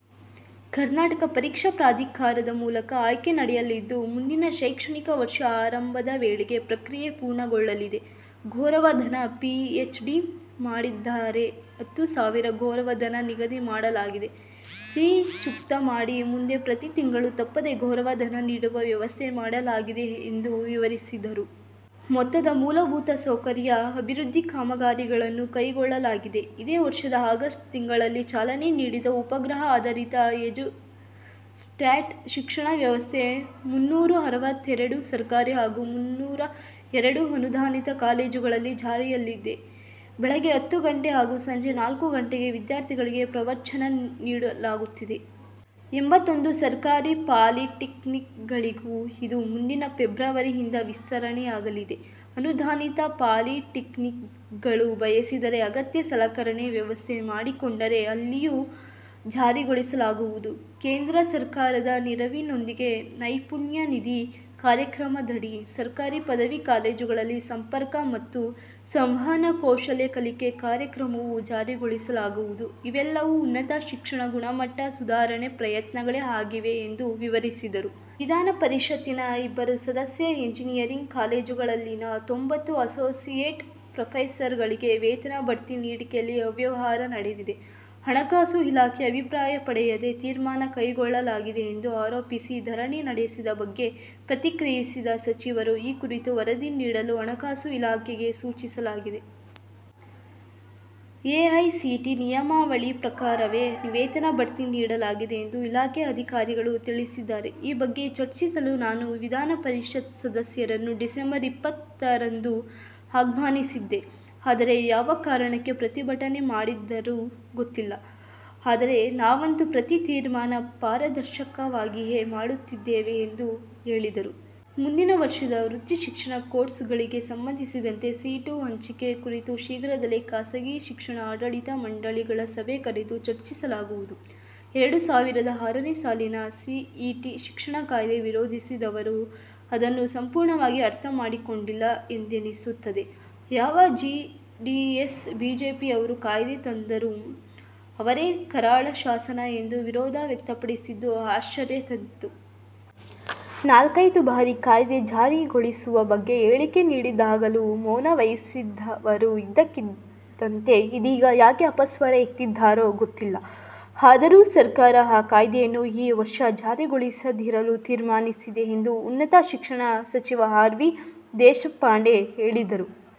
ಕರ್ನಾಟಕ ಪರೀಕ್ಷಾ ಪ್ರಾಧಿಕಾರದ ಮೂಲಕ ಆಯ್ಕೆ ನಡೆಯಲಿದ್ದು, ಮುಂದಿನ ಶೈಕ್ಷಣಿಕ ವರ್ಷ ಆರಂಭದ ವೇಳೆಗೆ ಪ್ರಕ್ರಿಯೆ ಪೂರ್ಣಗೊಳ್ಳಲಿದೆ. ಗೌರವಧನ, ಪಿಎಚ್‌ಡಿ ಮಾಡಿದ್ದರೆ ಹತ್ತು ಸಾವಿರ ಗೌರವಧನ ನಿಗದಿ ಮಾಡಲಾಗಿದೆ. ಸಹಿ ಚುಕ್ತಾ ಮಾಡಿ ಮುಂದೆ ಪ್ರತಿ ತಿಂಗಳು ತಪ್ಪದೆ ಗೌರವಧನ ನೀಡುವ ವ್ಯವಸ್ಥೆ ಮಾಡಲಾಗಿದೆ ಎಂದು ವಿವರಿಸಿದರು. ಮೊತ್ತದ ಮೂಲಭೂತ ಸೌಕರ್ಯ ಅಭಿವೃದ್ಧಿ ಕಾಮಗಾರಿಗಳನ್ನು ಕೈಗೊಳ್ಳಲಾಗಿದೆ. ಇದೇ ವರ್ಷದ ಆಗಸ್ಟ್ ತಿಂಗಳಲ್ಲಿ ಚಾಲನೆ ನೀಡಿದ ಉಪಗ್ರಹ ಆಧಾರಿತ ಎಜುಸ್ಯಾಟ್ ಶಿಕ್ಷಣ ವ್ಯವಸ್ಥೆ ಮುನ್ನೂರ ಅರವತ್ತೆರಡು ಸರ್ಕಾರಿ ಹಾಗೂ ಮುನ್ನೂರ ಎರಡು ಅನುದಾನಿತ ಕಾಲೇಜುಗಳಲ್ಲಿ ಜಾರಿಯಲ್ಲಿದೆ. ಬೆಳಗ್ಗೆ ಹತ್ತು ಗಂಟೆ ಹಾಗೂ ಸಂಜೆ ನಾಲ್ಕು ಗಂಟೆಗೆ ವಿದ್ಯಾರ್ಥಿಗಳಿಗೆ ಪ್ರವಚನ ನೀಡಲಾಗುತ್ತಿದೆ. ಎಂಬತ್ತೊಂದು ಸರ್ಕಾರಿ ಪಾಲಿಟೆಕ್ನಿಕ್‌ಗಳಿಗೂ ಇದು ಮುಂದಿನ ಫೆಬ್ರವರಿಯಿಂದ ವಿಸ್ತರಣೆಯಾಗಲಿದೆ. ಅನುದಾನಿತ ಪಾಲಿಟೆಕ್ನಿಕ್‌ಗಳು ಬಯಸಿದರೆ ಅಗತ್ಯ ಸಲಕರಣೆ ವ್ಯವಸ್ಥೆ ಮಾಡಿಕೊಂಡರೆ ಅಲ್ಲಿಯೂ ಜಾರಿಗೊಳಿಸಲಾಗುವುದು. ಕೇಂದ್ರ ಸರ್ಕಾರದ ನೆರವಿನೊಂದಿಗೆ ನೈಪುಣ್ಯ ನಿಧಿ ಕಾರ್ಯಕ್ರಮದಡಿ ಸರ್ಕಾರಿ ಪದವಿ ಕಾಲೇಜುಗಳಲ್ಲಿ ಸಂಪರ್ಕ ಮತ್ತು ಸಂವಹನ ಕೌಶಲ್ಯ ಕಲಿಕೆ ಕಾರ್ಯಕ್ರಮವೂ ಜಾರಿಗೊಳಿಸಲಾಗುವುದು. ಇವೆಲ್ಲವೂ ಉನ್ನತ ಶಿಕ್ಷಣ ಗುಣಮಟ್ಟ ಸುಧಾರಣೆ ಪ್ರಯತ್ನಗಳೇ ಆಗಿವೆ ಎಂದು ವಿವರಿಸಿದರು. ವಿಧಾನ ಪರಿಷತ್ತಿನ ಇಬ್ಬರು ಸದಸ್ಯರು ಎಂಜಿನಿಯರಿಂಗ್ ಕಾಲೇಜುಗಳಲ್ಲಿನ ತೊಂಬತ್ತು ಅಸೋಸಿಯೇಟ್ ಪ್ರೊಫೆಸರ್‌ಗಳಿಗೆ ವೇತನ ಬಡ್ತಿ ನೀಡಿಕೆಯಲ್ಲಿ ಅವ್ಯವಹಾರ ನಡೆದಿದೆ. ಹಣಕಾಸು ಇಲಾಖೆ ಅಭಿಪ್ರಾಯ ಪಡೆಯದೆ ತೀರ್ಮಾನ ಕೈಗೊಳ್ಳಲಾಗಿದೆ ಎಂದು ಆರೋಪಿಸಿ ಧರಣಿ ನಡೆಸಿದ ಬಗ್ಗೆ ಪ್ರತಿಕ್ರಿಯಿಸಿದ ಸಚಿವರು, ಈ ಕುರಿತು ವರದಿ ನೀಡಲು ಹಣಕಾಸು ಇಲಾಖೆಗೆ ಸೂಚಿಸಲಾಗಿದೆ. ಎಐಸಿಟಿ ನಿಯಮಾವಳಿ ಪ್ರಕಾರವೇ ವೇತನ ಬಡ್ತಿ ನೀಡಲಾಗಿದೆ ಎಂದು ಇಲಾಖೆ ಅಧಿಕಾರಿಗಳು ತಿಳಿಸಿದ್ದಾರೆ. ಈ ಬಗ್ಗೆ ಚರ್ಚಿಸಲು ನಾನು ವಿಧಾನ ಪರಿಷತ್ ಸದಸ್ಯರನ್ನು ಡಿಸೆಂಬರ್ ಇಪ್ಪತ್ತರಂದು ಆಹ್ವಾನಿಸಿದ್ದೆ. ಆದರೆ, ಯಾವ ಕಾರಣಕ್ಕೆ ಪ್ರತಿಭಟನೆ ಮಾಡಿದರೋ ಗೊತ್ತಿಲ್ಲ. ಆದರೆ, ನಾವಂತೂ ಪ್ರತಿ ತೀರ್ಮಾನ ಪಾರದರ್ಶಕವಾಗಿಯೇ ಮಾಡುತ್ತಿದ್ದೇವೆ ಎಂದು ಹೇಳಿದರು. ಮುಂದಿನ ವರ್ಷದ ವೃತ್ತಿ ಶಿಕ್ಷಣ ಕೋರ್ಸ್‌ಗಳಿಗೆ ಸಂಬಂಧಿಸಿದಂತೆ ಸೀಟು ಹಂಚಿಕೆ ಕುರಿತು ಶೀಘ್ರದಲ್ಲೇ ಖಾಸಗಿ ಶಿಕ್ಷಣ ಆಡಳಿತ ಮಂಡಳಿಗಳ ಸಭೆ ಕರೆದು ಚರ್ಚಿಸಲಾಗುವುದು. ಎರಡು ಸಾವಿರದ ಆರನೇ ಸಾಲಿನ ಸಿಇಟಿ ಶಿಕ್ಷಣ ಕಾಯ್ದೆ ವಿರೋಧಿಸಿದವರು ಅದನ್ನು ಸಂಪೂರ್ಣವಾಗಿ ಅರ್ಥ ಮಾಡಿಕೊಂಡಿಲ್ಲ ಎಂದೆನಿಸುತ್ತದೆ. ಯಾವ ಜೆಡಿಎಸ್-ಬಿಜೆಪಿಯವರು ಕಾಯ್ದೆ ತಂದರೋ ಅವರೇ ಕರಾಳ ಶಾಸನ ಎಂದು ವಿರೋಧ ವ್ಯಕ್ತಪಡಿಸಿದ್ದು ಆಶ್ಚರ್ಯ ತಂದಿತು. ನಾಲ್ಕೈದು ಬಾರಿ ಕಾಯ್ದೆ ಜಾರಿಗೊಳಿಸುವ ಬಗ್ಗೆ ಹೇಳಿಕೆ ನೀಡಿದಾಗಲೂ ಮೌನವಹಿಸಿದ್ದವರು ಇದ್ದಕ್ಕಿದ್ದಂತೆ ಇದೀಗ ಯಾಕೆ ಅಪಸ್ವರ ಎತ್ತಿದರೋ ಗೊತ್ತಿಲ್ಲ. ಆದರೂ ಸರ್ಕಾರ ಆ ಕಾಯ್ದೆಯನ್ನು ಈ ವರ್ಷ ಜಾರಿಗೊಳಿಸದಿರಲು ತೀರ್ಮಾನಿಸಿದೆ ಎಂದು ಉನ್ನತ ಶಿಕ್ಷಣ ಸಚಿವ ಆರ್. ವಿ. ದೇಶಪಾಂಡೆ ಹೇಳಿದರು.